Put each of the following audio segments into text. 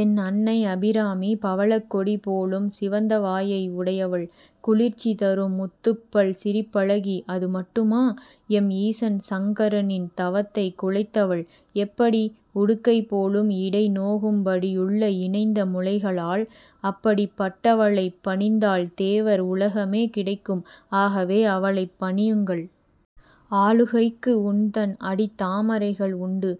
என் அன்னை அபிராமி பவளக்கொடி போலும் சிவந்த வாயை உடையவள். குளிர்ச்சி தரும் முத்துப்பல் சிரிப்பழகி, அது மட்டுமா? எம் ஈசன் சங்கரனின் தவத்தைக் குலைத்தவள். எப்படி? உடுக்கை போலும் இடை நோகும்படியுள்ள இணைந்த முலைகளால்! அப்படிப்பட்டவளைப் பணிந்தால் தேவர் உலகமே கிடைக்கும். ஆகவே அவளைப் பணியுங்கள்.: ஆளுகைக்கு, உன்தன் அடித்தாமரைகள் உண்டு,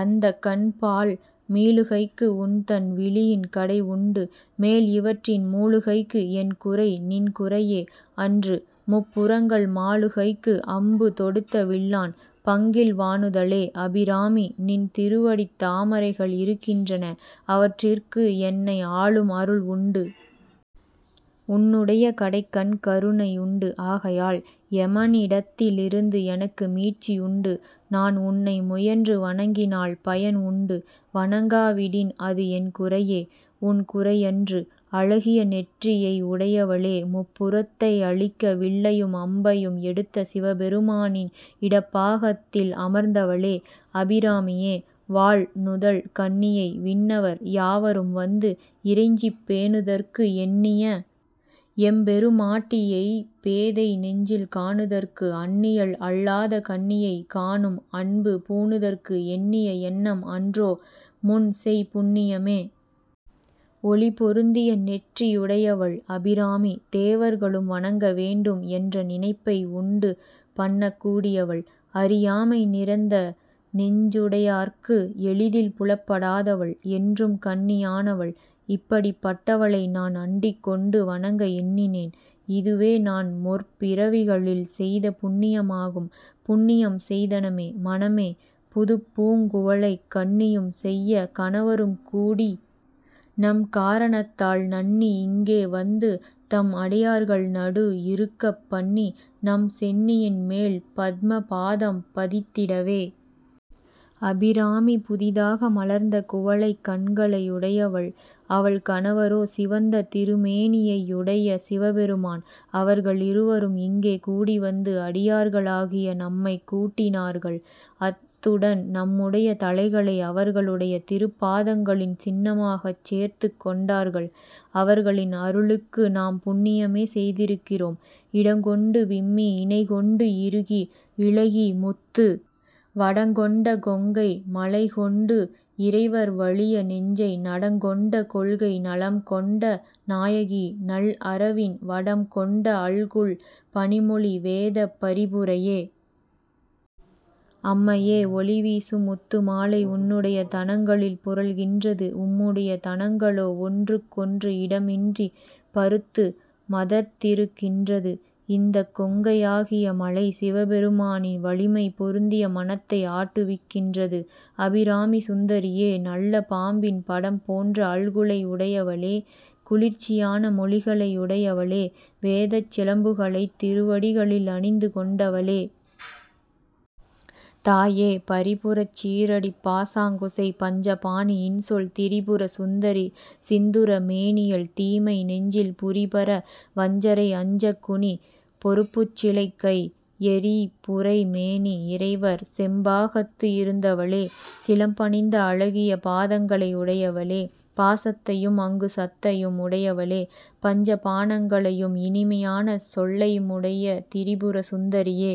அந்தகன்பால் மீளுகைக்கு, உன்தன் விழியின் கடை உண்டு, மேல் இவற்றின் மூளுகைக்கு, என் குறை, நின் குறையே அன்று,-முப்புரங்கள். மாளுகைக்கு, அம்பு தொடுத்த வில்லான், பங்கில் வாணுதலே. அபிராமி! நின் திருவடித் தாமரைகள் இருக்கின்றன. அவற்றிற்கு என்னை ஆளும் அருள் உண்டு. உன்னுடைய கடைக்கண் கருணையுண்டு. ஆகையால் எமனிடத்திலிருந்து எனக்கு மீட்சியுண்டு. நான் உன்னை முயன்று வணங்கினால் பயன் உண்டு. வணங்காவிடின் அது என் குறையே; உன் குறையன்று. அழகிய நெற்றியை உடையவளே! முப்புரத்தை அழிக்க வில்லையும் அம்பையும் எடுத்த சிவபெருமானின் இடப்பாகத்தில் அமர்ந்தவளே! அபிராமியே!: வாள்-நுதல் கண்ணியை, விண்ணவர் யாவரும் வந்து இறைஞ்சிப் பேணுதற்கு எண்ணிய எம்பெருமாட்டியை, பேதை நெஞ்சில் காணுதற்கு அண்ணியள் அல்லாத கன்னியை, காணும்--அன்பு பூணுதற்கு எண்ணிய எண்ணம் அன்றோ, முன் செய் புண்ணியமே. ஒளி பொருந்திய நெற்றியுடையவள் அபிராமி! தேவர்களும் வணங்க வேண்டும் என்ற நினைப்பை உண்டு பண்ணக்கூடியவள்! அறியாமை நிறைந்த நெஞ்சுடையார்க்கு எளிதில் புலப்படாதவள். என்றும் கன்னியானவள். இப்படிப்பட்டவளை நான் அண்டிக் கொண்டு வணங்க எண்ணினேன். இதுவே நான் முற்பிறவிகளில் செய்த புண்ணியமாகும்.: புண்ணியம் செய்தனமே-மனமே. புதுப் பூங் குவளைக் கண்ணியும் செய்ய கணவரும் கூடி, நம் காரணத்தால் நண்ணி இங்கே வந்து தம் அடியார்கள் நடு இருக்கப் பண்ணி, நம் சென்னியின் மேல் பத்ம பாதம் பதித்திடவே. அபிராமி, புதிதாக மலர்ந்த குவளைக் கண்களையுடையவள். அவள் கணவரோ சிவந்த திருமேனியையுடைய சிவபெருமான். அவர்களிருவரும் இங்கே கூடிவந்து அடியார்களாகிய நம்மைக் கூட்டினார்கள். அத்துடன் நம்முடைய தலைகளை அவர்களுடைய திருப்பாதங்களின் சின்னமாகச் சேர்த்துக் கொண்டார்கள். அவர்களின் அருளுக்கு நாம் புண்ணியமே செய்திருக்கிறோம்.: இடங்கொண்டு விம்மி, இணைகொண்டு இறுகி, இளகி, முத்து வடங்கொண்ட கொங்கை-மலைகொண்டு இறைவர் வலிய நெஞ்சை நடங்கொண்ட கொள்கை நலம் கொண்ட நாயகி, நல் அரவின் வடம் கொண்ட அல்குல் பணிமொழி--வேதப் பரிபுரையே. அம்மையே! ஒளிவீசும் முத்துமாலை உன்னுடைய தனங்களில் புரள்கின்றது. உம்முடைய தனங்களோ ஒன்றுக்கொன்று இடமின்றி பருத்து மதர்த்திருக்கின்றது. இந்தக் கொங்கையாகிய மலை சிவபெருமானின் வலிமை பொருந்திய மனத்தை ஆட்டுவிக்கின்றது. அபிராமி சுந்தரியே! நல்ல பாம்பின் படம் போன்ற அல்குலை உடையவளே! குளிர்ச்சியான மொழிகளையுடையவளே! வேதச் சிலம்புகளைத் திருவடிகளில் அணிந்து கொண்டவளே! தாயே!: பரிபுரச் சீறடிப் பாசாங்குசை, பஞ்சபாணி, இன்சொல் திரிபுர சுந்தரி, சிந்துர மேனியள் தீமை நெஞ்சில் புரிபுர, வஞ்சரை அஞ்சக் குனி பொருப்புச்சிலைக் கை, எரி புரை மேனி, இறைவர் செம்பாகத்து இருந்தவளே. சிலம்பணிந்த அழகிய பாதங்களை உடையவளே! பாசத்தையும் அங்குசத்தையும் உடையவளே! பஞ்ச பாணங்களையும், இனிமையான சொல்லையுமுடைய திரிபுர சுந்தரியே!